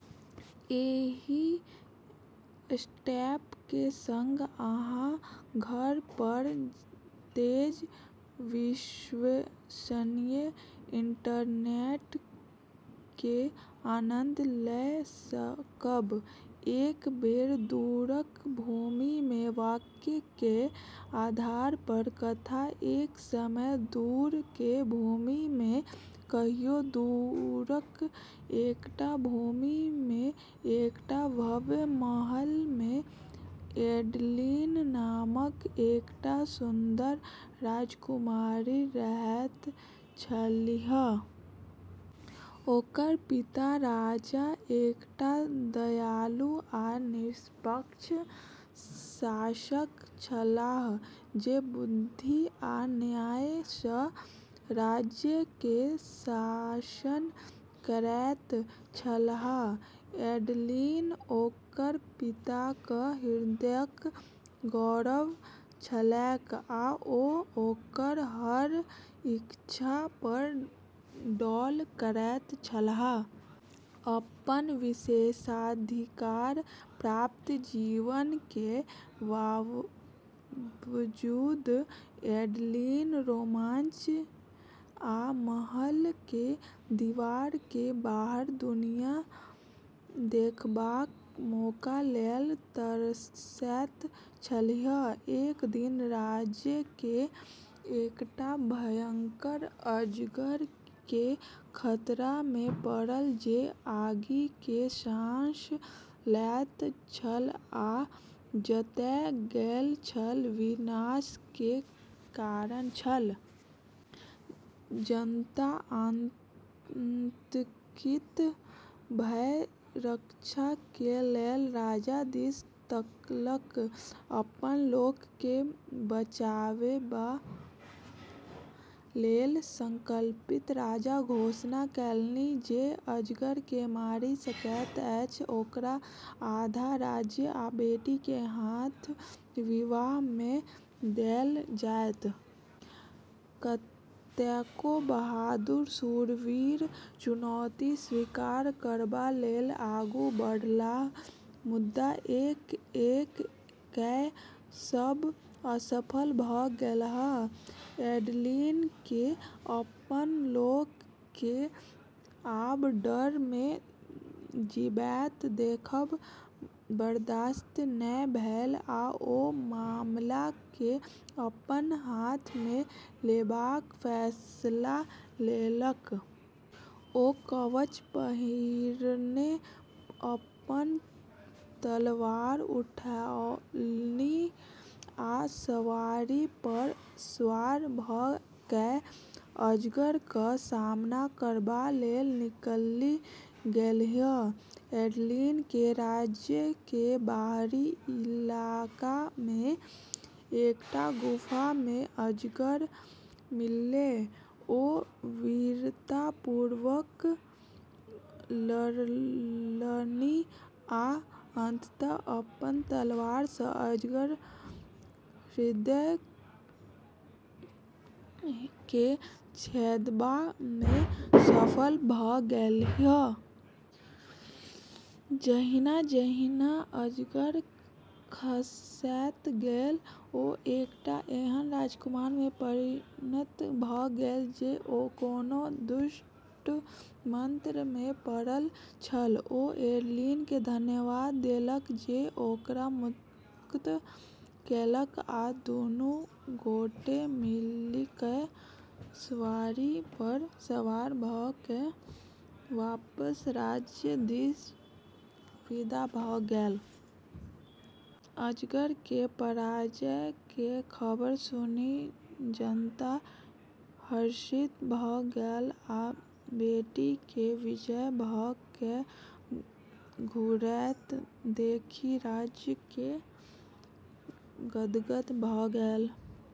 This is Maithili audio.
एहि स्टेप के संग अहाँ घर पर तेज, विश्वसनीय इंटरनेट के आनंद लए सकब। "एक बेर दूरक भूमि मे" वाक्य के आधार पर कथा: एक समय दूर के भूमि मे कहियो दूरक एकटा भूमि मे एकटा भव्य महल मे एडलिन नामक एकटा सुन्दर राजकुमारी रहैत छलीह। ओकर पिता राजा एकटा दयालु आ निष्पक्ष शासक छलाह जे बुद्धि आ न्याय सँ राज्य के शासन करैत छलाह। एडलिन ओकर पिताक हृदयक गौरव छलैक आ ओ ओकर हर इच्छा पर डोल करैत छलाह। अपन विशेषाधिकार प्राप्त जीवन के बावजूद एडलिन रोमांच आ महल के दीवार के बाहर दुनिया देखबाक मौका लेल तरसैत छलीह। एक दिन राज्य के एकटा भयंकर अजगर के खतरा मे पड़ल जे आगि के साँस लैत छल आ जतय गेल छल विनाश के कारण छल। जनता आतंकित भय रक्षा के लेल राजा दिस तकलक। अपन लोक के बचाएबा लेल संकल्पित राजा घोषणा केलनि जे अजगर के मारि सकैत अछि ओकरा आधा राज्य आ बेटी के हाथ विवाह मे देल जायत। कतेको बहादुर शूरवीर चुनौती स्वीकार करबा लेल आगू बढ़लाह मुदा एक-एक कए सब असफल भ' गेलाह। एडलिन के अपन लोक के आब डर मे जीबैत देखब बर्दाश्त नै भेलै आ ओ मामला के अपन हाथ मे लेबाक फैसला केलक। ओ कवच पहिरने अपन तलवार उठौलनि आ सवारी पर सवार भ' कए अजगरक सामना करबा लेल निकलि गेलीह। एडलिन के राज्य के बाहरी इलाका मे एकटा गुफा मे अजगर मिललै। ओ वीरतापूर्वक लड़लनि आ अंततः अपन तलवार सँ अजगरक हृदय के छेदबा मे सफल भ' गेलीह। जहिना-जहिना अजगर खसैत गेल, ओ एकटा एहन राजकुमार मे परिणत भ' गेल जे कोनो दुष्ट मंत्र मे पड़ल छल। ओ एडलिन के धन्यवाद देलक जे ओकरा मुक्त केलक आ दुनू गोटे मिलिकय, सवारी पर सवार भ' कए वापस राज्य दिस विदा भ' गेल। अजगर के पराजय के खबर सुनि जनता हर्षित भ गेल आ बेटी के विजयी भ' कए घुरैत देखि राजा के गदगद भ' गेलै।